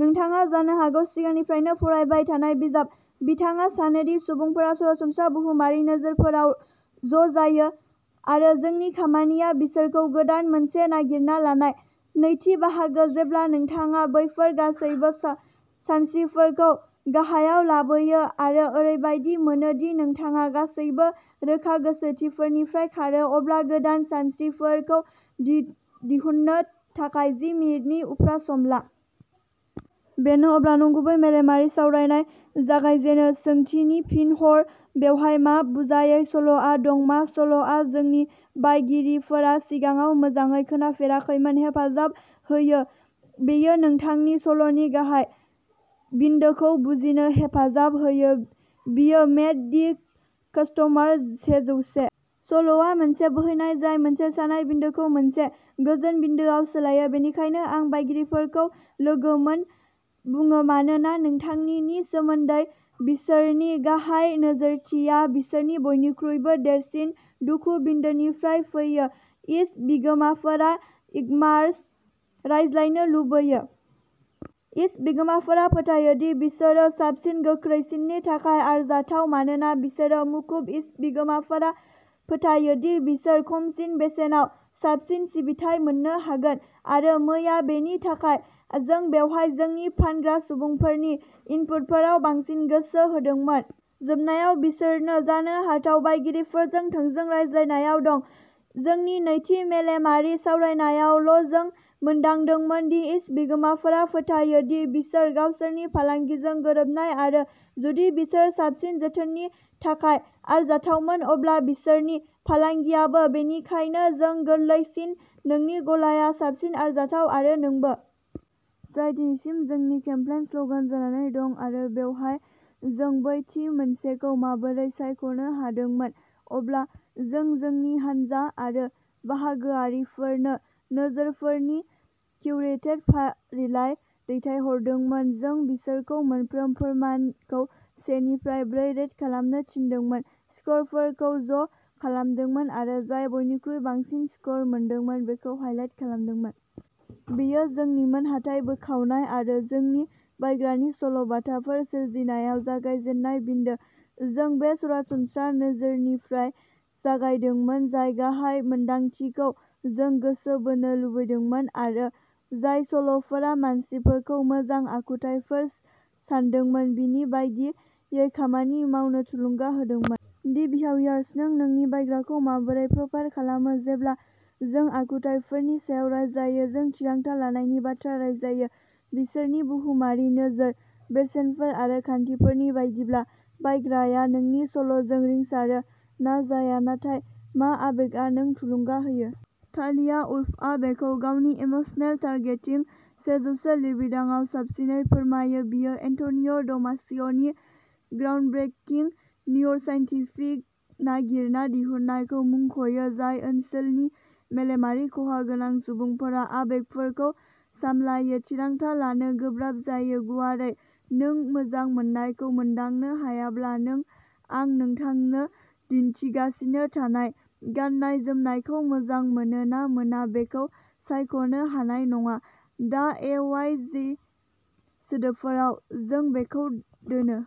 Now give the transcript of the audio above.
नोंथाङा जानो हागौ सिगांनिफ्रायनो फरायबाय थानाय बिजाब। बिथाङा सानो दि सुबुंफोरा सरासनस्रा बुहुमारि नोजोरफोराव ज' जायो आरो जोंनि खामानिया बिसोरखौ गोदान मोनसे नागिरना लानाय। नैथि बाहागो जेब्ला नोंथाङा बैफोर गासैबो सानस्रिफोरखौ गाहायाव लाबोयो आरो ओरैबायदि मोनो दि नोंथाङा गासैबो रोखा गोसोथिफोरनिफ्राय खारो, अब्ला गोदान सानस्रिफोरखौ दि-दिहुननो थाखाय जि मिनिटनि उफ्रा सम ला। बेनो अब्ला नंगुबै मेलेमारि सावरायनाय जागायजेनो। सोंथिनि फिन हर बेवहाय मा बुंजायै सल'आ दं मा सल'आ जोंनि बायगिरिफोरा सिगाङाव मोजाङै खोनाफेराखैमोन हेफाजाब होयो बेयो नोंथांनि सल'नि गाहाय बिन्दोखौ बुजिनो हेफाजाब होयो। बेयो मेट दि कास्ट'मार सेजौसे। सल'आ मोनसे बोहैनाय जाय मोनसे सानाय बिन्दोखौ मोनसे गोजोन बिन्दोआव सोलायो। बेनिखायनो आं बायगिरिफोरखौ लोगो मोन बुङो मानोना नोंथांनि नि सोमोन्दै बिसोरनि गाहाय नोजोरथिया बिसोरनि बयनिख्रुइबो देरसिन दुखु-बिन्दोनिफ्राय फैयो। इशप बिगोमाफोरा इक'मारस रायज्लायनो लुबैयो। इशप बिगोमाफोरा फोथायो दि बिसोरो साबसिन, गोख्रैसिननि थाखाय आरजाथाव मानोना बिसोरो मुखुब। इशप बिगोमाफोर फोथायो दि बिसोर खमसिन बेसेनाव साबसिन सिबिथाइ मोन्नो हागोन। आरो मैया, बेनि थाखाय। जों बेवहाय जोंनि फानग्रा सुबुंफोरनि इनपुटफोराव बांसिन गोसो होदोंमोन। जोबनायाव, बिसोरनो जानो हाथाव बायगिरिफोरजों थोंजों रायज्लायनायाव दं। जोंनि नैथि मेलेमारि सावरायनायावल'जों मोनदांदोंमोन दि इशप बिगोमाफोरा फोथायो दि बिसोर गावसोरनि फालांगिजों गोरोबनाय आरो जुदि बिसोर साबसिन जोथोननि थाखाय आरजाथावमोन, अब्ला बिसोरनि फालांगियाबो। बेनिखायनो, जों गोरलैसिन नोंनि गलाया साबसिन आरजाथाव, आरो नोंबो। जाय दिनैसिम जोंनि केम्पेइन स्ल'गान जानानै दं आरो बेवहाय जों बै थि मोनसेखौ माबोरै सायख'नो हादोंमोन। अब्ला, जों जोंनि हानजा आरो बाहागोआरिफोरनो नोजोरफोरनि किउरेटेड फारिलाइ दैथायहरदोंमोन। जों बिसोरखौ मोनफ्रोम फोरमानखौ से निफ्राय ब्रैे रेट खालामनो थिनदोंमोन, स्करफोरखौ ज' खालामदोंमोन आरो जाय बयनिख्रुइ बांसिन स्कर मोनदोंमोन बेखौ हाइलाइट खालामदोंमोन। बेयो जोंनिमोन हाथाइ बोखावनाय आरो जोंनि बायग्रानि सल' बाथाफोर सोरजिनायाव जागायजेननाय बिन्दो। जों बे सरासनस्रा नोजोरनिफ्राय जागायदोंमोन, जाय गाहाय मोन्दांथिखौ जों गोसो बोनो लुबैदोंमोन आरो जाय सल'फोरा मानसिफोरखौ मोजां आखुथायफोर सान्दोंमोन बिनि बायदियै खामानि मावनो थुलुंगा होदोंमोन। दि बिहावियारस नों नोंनि बायग्राखौ माबोरै प्रफाइल खालामो जेब्ला जों आखुथायफोरनि सायाव रायज्लायो, जों थिरांथा लानायनि बाथ्रा रायज्लायो। बिसोरनि बुहुमारि नोजोर, बेसेनफोर आरो खान्थिफोरनि बायदिब्ला, बायग्राया नोंनि सल'जों रिंसारो ना जाया। नाथाय, मा आबेगआ नों थुलुंगा होयो। तालिया वुल्फआ बेखौ गावनि इमोसनेल टारगेटिंग सेजौसे लिरबिदांआव साबसिनै फोरमायो। बियो एन्ट'निय'दामासिअ'नि ग्राउन्डब्रेकिं निउर'साइन्टिफिक नागिरना दिहुननायखौ मुंख'यो, जाय ओनसोलनि मेलेमारि खहा गोनां सुबुंफोरा आबेगफोरखौ सामलायो, थिरांथा लानो गोब्राब जायो। गुवारै, नों मोजां मोननायखौ मोनदांनो हायाब्ला, नों आं नोंथांनो दिन्थिगासिनो थानाय गाननाय जोमनायखौ मोजां मोनो ना मोना बेखौ सायख'नो हानाय नङा। दा ए वाइ जि सोदोबफोराव, जों बेखौ दोनो।